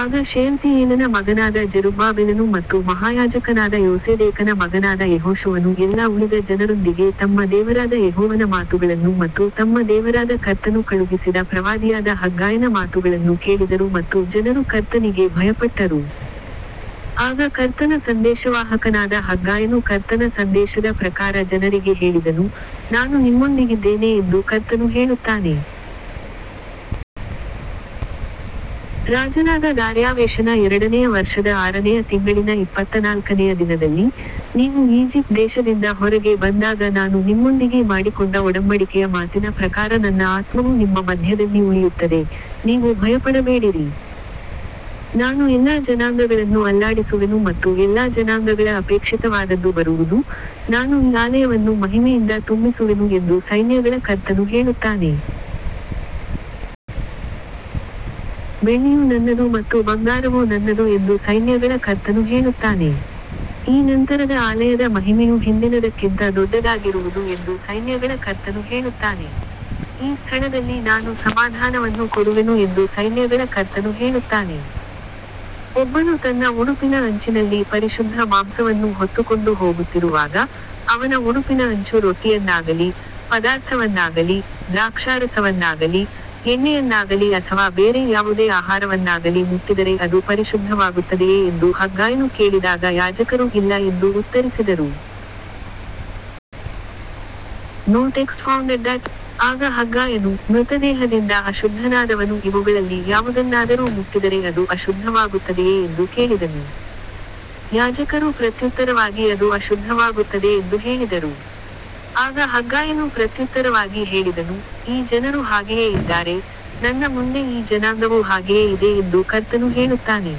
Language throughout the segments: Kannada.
ಆಗ ಶೆಯಲ್ತೀಯೇಲನ ಮಗನಾದ ಜೆರುಬ್ಬಾಬೆಲನು ಮತ್ತು ಮಹಾಯಾಜಕನಾದ ಯೋಸೇದೇಕನ ಮಗನಾದ ಯೆಹೋಶುವನು ಎಲ್ಲಾ ಉಳಿದ ಜನರೊಂದಿಗೆ ತಮ್ಮ ದೇವರಾದ ಯೆಹೋವನ ಮಾತುಗಳನ್ನು ಮತ್ತು ತಮ್ಮ ದೇವರಾದ ಕರ್ತನು ಕಳುಹಿಸಿದ ಪ್ರವಾದಿಯಾದ ಹಗ್ಗಾಯನ ಮಾತುಗಳನ್ನು ಕೇಳಿದರು ಮತ್ತು ಜನರು ಕರ್ತನಿಗೆ ಭಯಪಟ್ಟರು. ಆಗ ಕರ್ತನ ಸಂದೇಶವಾಹಕನಾದ ಹಗ್ಗಾಯನು ಕರ್ತನ ಸಂದೇಶದ ಪ್ರಕಾರ ಜನರಿಗೆ ಹೇಳಿದನು, ನಾನು ನಿಮ್ಮೊಂದಿಗಿದ್ದೇನೆ ಎಂದು ಕರ್ತನು ಹೇಳುತ್ತಾನೆ. ರಾಜನಾದ ದಾರ್ಯಾವೇಶನ ಎರಡನೆಯ ವರ್ಷದ ಆರನೆಯ ತಿಂಗಳಿನ ಇಪ್ಪತ್ತನಾಲ್ಕನೆಯ ದಿನದಲ್ಲಿ, ನೀವು ಈಜಿಪ್ಟ್ ದೇಶದಿಂದ ಹೊರಗೆ ಬಂದಾಗ ನಾನು ನಿಮ್ಮೊಂದಿಗೆ ಮಾಡಿಕೊಂಡ ಒಡಂಬಡಿಕೆಯ ಮಾತಿನ ಪ್ರಕಾರ ನನ್ನ ಆತ್ಮವು ನಿಮ್ಮ ಮಧ್ಯದಲ್ಲಿ ಉಳಿಯುತ್ತದೆ, ನೀವು ಭಯಪಡಬೇಡಿರಿ. ನಾನು ಎಲ್ಲಾ ಜನಾಂಗಗಳನ್ನು ಅಲ್ಲಾಡಿಸುವೆನು ಮತ್ತು ಎಲ್ಲಾ ಜನಾಂಗಗಳ ಅಪೇಕ್ಷಿತವಾದದ್ದು ಬರುವುದು, ನಾನು ಈ ಆಲಯವನ್ನು ಮಹಿಮೆಯಿಂದ ತುಂಬಿಸುವೆನು ಎಂದು ಸೈನ್ಯಗಳ ಕರ್ತನು ಹೇಳುತ್ತಾನೆ. ಬೆಳ್ಳಿಯು ನನ್ನದು ಮತ್ತು ಬಂಗಾರವೂ ನನ್ನದು ಎಂದು ಸೈನ್ಯಗಳ ಕರ್ತನು ಹೇಳುತ್ತಾನೆ. ಈ ನಂತರದ ಆಲಯದ ಮಹಿಮೆಯು ಹಿಂದಿನದಕ್ಕಿಂತ ದೊಡ್ಡದಾಗಿರುವುದು ಎಂದು ಸೈನ್ಯಗಳ ಕರ್ತನು ಹೇಳುತ್ತಾನೆ. ಈ ಸ್ಥಳದಲ್ಲಿ ನಾನು ಸಮಾಧಾನವನ್ನು ಕೊಡುವೆನು ಎಂದು ಸೈನ್ಯಗಳ ಕರ್ತನು ಹೇಳುತ್ತಾನೆ. ಒಬ್ಬನು ತನ್ನ ಉಡುಪಿನ ಅಂಚಿನಲ್ಲಿ ಪರಿಶುದ್ಧ ಮಾಂಸವನ್ನು ಹೊತ್ತುಕೊಂಡು ಹೋಗುತ್ತಿರುವಾಗ, ಅವನ ಉಡುಪಿನ ಅಂಚು ರೊಟ್ಟಿಯನ್ನಾಗಲಿ, ಪದಾರ್ಥವನ್ನಾಗಲಿ, ದ್ರಾಕ್ಷಾರಸವನ್ನಾಗಲಿ, ಎಣ್ಣೆಯನ್ನಾಗಲಿ ಅಥವಾ ಬೇರೆ ಯಾವುದೇ ಆಹಾರವನ್ನಾಗಲಿ ಮುಟ್ಟಿದರೆ ಅದು ಪರಿಶುದ್ಧವಾಗುತ್ತದೆಯೇ ಎಂದು ಹಗ್ಗಾಯನು ಕೇಳಿದಾಗ ಯಾಜಕರು ಇಲ್ಲ ಎಂದು ಉತ್ತರಿಸಿದರು. ಆಗ ಹಗ್ಗಾಯನು, ಮೃತದೇಹದಿಂದ ಅಶುದ್ಧನಾದವನು ಇವುಗಳಲ್ಲಿ ಯಾವುದನ್ನಾದರೂ ಮುಟ್ಟಿದರೆ ಅದು ಅಶುದ್ಧವಾಗುತ್ತದೆಯೇ ಎಂದು ಕೇಳಿದನು. ಯಾಜಕರು ಪ್ರತ್ಯುತ್ತರವಾಗಿ ಅದು ಅಶುದ್ಧವಾಗುತ್ತದೆ ಎಂದು ಹೇಳಿದರು. ಆಗ ಹಗ್ಗಾಯನು ಪ್ರತ್ಯುತ್ತರವಾಗಿ ಹೇಳಿದನು, ಈ ಜನರೂ ಹಾಗೆಯೇ ಇದ್ದಾರೆ, ನನ್ನ ಮುಂದೆ ಈ ಜನಾಂಗವೂ ಹಾಗೆಯೇ ಇದೆ ಎಂದು ಕರ್ತನು ಹೇಳುತ್ತಾನೆ.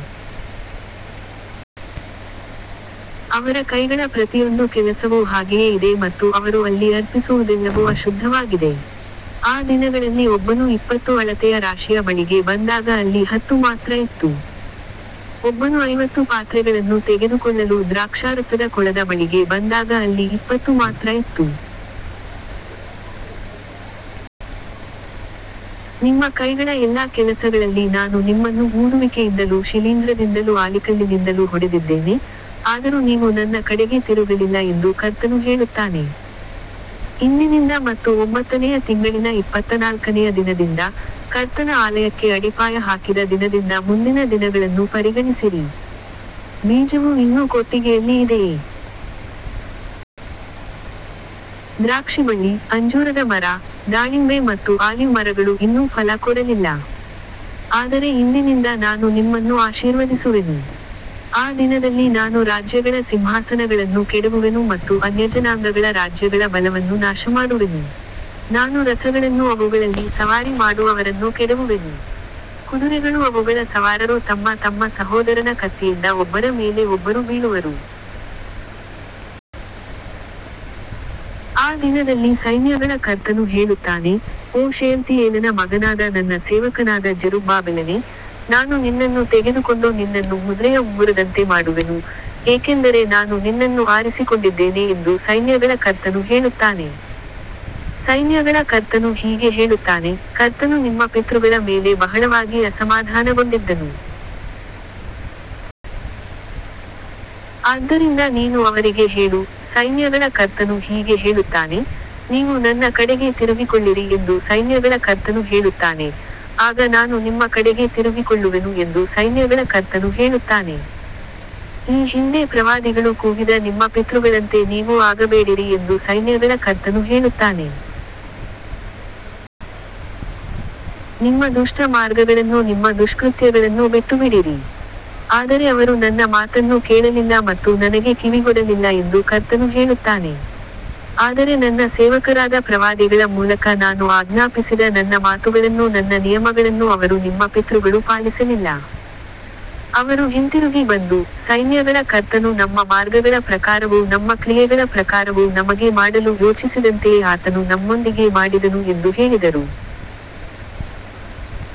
ಅವರ ಕೈಗಳ ಪ್ರತಿಯೊಂದು ಕೆಲಸವೂ ಹಾಗೆಯೇ ಇದೆ ಮತ್ತು ಅವರು ಅಲ್ಲಿ ಅರ್ಪಿಸುವುದೆಲ್ಲವೂ ಅಶುದ್ಧವಾಗಿದೆ. ಆ ದಿನಗಳಲ್ಲಿ ಒಬ್ಬನು ಇಪ್ಪತ್ತು ಅಳತೆಯ ರಾಶಿಯ ಬಳಿಗೆ ಬಂದಾಗ ಅಲ್ಲಿ ಹತ್ತು ಮಾತ್ರ ಇತ್ತು. ಒಬ್ಬನು ಐವತ್ತು ಪಾತ್ರೆಗಳನ್ನು ತೆಗೆದುಕೊಳ್ಳಲು ದ್ರಾಕ್ಷಾರಸದ ಕೊಳದ ಬಳಿಗೆ ಬಂದಾಗ ಅಲ್ಲಿ ಇಪ್ಪತ್ತು ಮಾತ್ರ ಇತ್ತು. ನಿಮ್ಮ ಕೈಗಳ ಎಲ್ಲಾ ಕೆಲಸಗಳಲ್ಲಿ ನಾನು ನಿಮ್ಮನ್ನು ಊದುವಿಕೆಯಿಂದಲೂ ಶಿಲೀಂಧ್ರದಿಂದಲೂ ಆಲಿಕಲ್ಲಿನಿಂದಲೂ ಹೊಡೆದಿದ್ದೇನೆ, ಆದರೂ ನೀವು ನನ್ನ ಕಡೆಗೆ ತಿರುಗಲಿಲ್ಲ ಎಂದು ಕರ್ತನು ಹೇಳುತ್ತಾನೆ. ಇಂದಿನಿಂದ ಮತ್ತು ಒಂಬತ್ತನೆಯ ತಿಂಗಳಿನ ಇಪ್ಪತ್ತನಾಲ್ಕನೆಯ ದಿನದಿಂದ, ಕರ್ತನ ಆಲಯಕ್ಕೆ ಅಡಿಪಾಯ ಹಾಕಿದ ದಿನದಿಂದ ಮುಂದಿನ ದಿನಗಳನ್ನು ಪರಿಗಣಿಸಿರಿ. ಬೀಜವು ಇನ್ನೂ ಕೊಟ್ಟಿಗೆಯಲ್ಲಿ ಇದೆಯೇ? ದ್ರಾಕ್ಷಿಬಳ್ಳಿ, ಅಂಜೂರದ ಮರ, ದಾಳಿಂಬೆ ಮತ್ತು ಆಲಿವ್ ಮರಗಳು ಇನ್ನೂ ಫಲ ಕೊಡಲಿಲ್ಲ. ಆದರೆ ಇಂದಿನಿಂದ ನಾನು ನಿಮ್ಮನ್ನು ಆಶೀರ್ವದಿಸುವೆನು. ಆ ದಿನದಲ್ಲಿ ನಾನು ರಾಜ್ಯಗಳ ಸಿಂಹಾಸನಗಳನ್ನು ಕೆಡವುವೆನು ಮತ್ತು ಅನ್ಯಜನಾಂಗಗಳ ರಾಜ್ಯಗಳ ಬಲವನ್ನು ನಾಶಮಾಡುವೆನು. ನಾನು ರಥಗಳನ್ನೂ ಅವುಗಳಲ್ಲಿ ಸವಾರಿ ಮಾಡುವವರನ್ನೂ ಕೆಡವುವೆನು. ಕುದುರೆಗಳೂ ಅವುಗಳ ಸವಾರರೂ ತಮ್ಮ ತಮ್ಮ ಸಹೋದರನ ಕತ್ತಿಯಿಂದ ಒಬ್ಬರ ಮೇಲೆ ಒಬ್ಬರು ಬೀಳುವರು. ಆ ದಿನದಲ್ಲಿ ಸೈನ್ಯಗಳ ಕರ್ತನು ಹೇಳುತ್ತಾನೆ, ಓ ಶೆಯಲ್ತೀಯೇಲನ ಮಗನಾದ ನನ್ನ ಸೇವಕನಾದ ಜೆರುಬ್ಬಾಬೆಲನೇ, ನಾನು ನಿನ್ನನ್ನು ತೆಗೆದುಕೊಂಡು ನಿನ್ನನ್ನು ಮುದ್ರೆಯ ಉಂಗುರದಂತೆ ಮಾಡುವೆನು, ಏಕೆಂದರೆ ನಾನು ನಿನ್ನನ್ನು ಆರಿಸಿಕೊಂಡಿದ್ದೇನೆ ಎಂದು ಸೈನ್ಯಗಳ ಕರ್ತನು ಹೇಳುತ್ತಾನೆ. ಸೈನ್ಯಗಳ ಕರ್ತನು ಹೀಗೆ ಹೇಳುತ್ತಾನೆ, ಕರ್ತನು ನಿಮ್ಮ ಪಿತೃಗಳ ಮೇಲೆ ಬಹಳವಾಗಿ ಅಸಮಾಧಾನಗೊಂಡಿದ್ದನು. ಆದ್ದರಿಂದ ನೀನು ಅವರಿಗೆ ಹೇಳು, ಸೈನ್ಯಗಳ ಕರ್ತನು ಹೀಗೆ ಹೇಳುತ್ತಾನೆ, ನೀವು ನನ್ನ ಕಡೆಗೆ ತಿರುಗಿಕೊಳ್ಳಿರಿ ಎಂದು ಸೈನ್ಯಗಳ ಕರ್ತನು ಹೇಳುತ್ತಾನೆ, ಆಗ ನಾನು ನಿಮ್ಮ ಕಡೆಗೆ ತಿರುಗಿಕೊಳ್ಳುವೆನು ಎಂದು ಸೈನ್ಯಗಳ ಕರ್ತನು ಹೇಳುತ್ತಾನೆ. ಈ ಹಿಂದೆ ಪ್ರವಾದಿಗಳು ಕೂಗಿದ ನಿಮ್ಮ ಪಿತೃಗಳಂತೆ ನೀವೂ ಆಗಬೇಡಿರಿ ಎಂದು ಸೈನ್ಯಗಳ ಕರ್ತನು ಹೇಳುತ್ತಾನೆ. ನಿಮ್ಮ ದುಷ್ಟ ಮಾರ್ಗಗಳನ್ನೂ ನಿಮ್ಮ ದುಷ್ಕೃತ್ಯಗಳನ್ನೂ ಬಿಟ್ಟುಬಿಡಿರಿ. ಆದರೆ ಅವರು ನನ್ನ ಮಾತನ್ನು ಕೇಳಲಿಲ್ಲ ಮತ್ತು ನನಗೆ ಕಿವಿಗೊಡಲಿಲ್ಲ ಎಂದು ಕರ್ತನು ಹೇಳುತ್ತಾನೆ. ಆದರೆ ನನ್ನ ಸೇವಕರಾದ ಪ್ರವಾದಿಗಳ ಮೂಲಕ ನಾನು ಆಜ್ಞಾಪಿಸಿದ ನನ್ನ ಮಾತುಗಳನ್ನೂ ನನ್ನ ನಿಯಮಗಳನ್ನೂ ಅವರು ನಿಮ್ಮ ಪಿತೃಗಳು ಪಾಲಿಸಲಿಲ್ಲ. ಅವರು ಹಿಂತಿರುಗಿ ಬಂದು, ಸೈನ್ಯಗಳ ಕರ್ತನು ನಮ್ಮ ಮಾರ್ಗಗಳ ಪ್ರಕಾರವೂ ನಮ್ಮ ಕ್ರಿಯೆಗಳ ಪ್ರಕಾರವೂ ನಮಗೆ ಮಾಡಲು ಯೋಚಿಸಿದಂತೆಯೇ ಆತನು ನಮ್ಮೊಂದಿಗೆ ಮಾಡಿದನು ಎಂದು ಹೇಳಿದರು.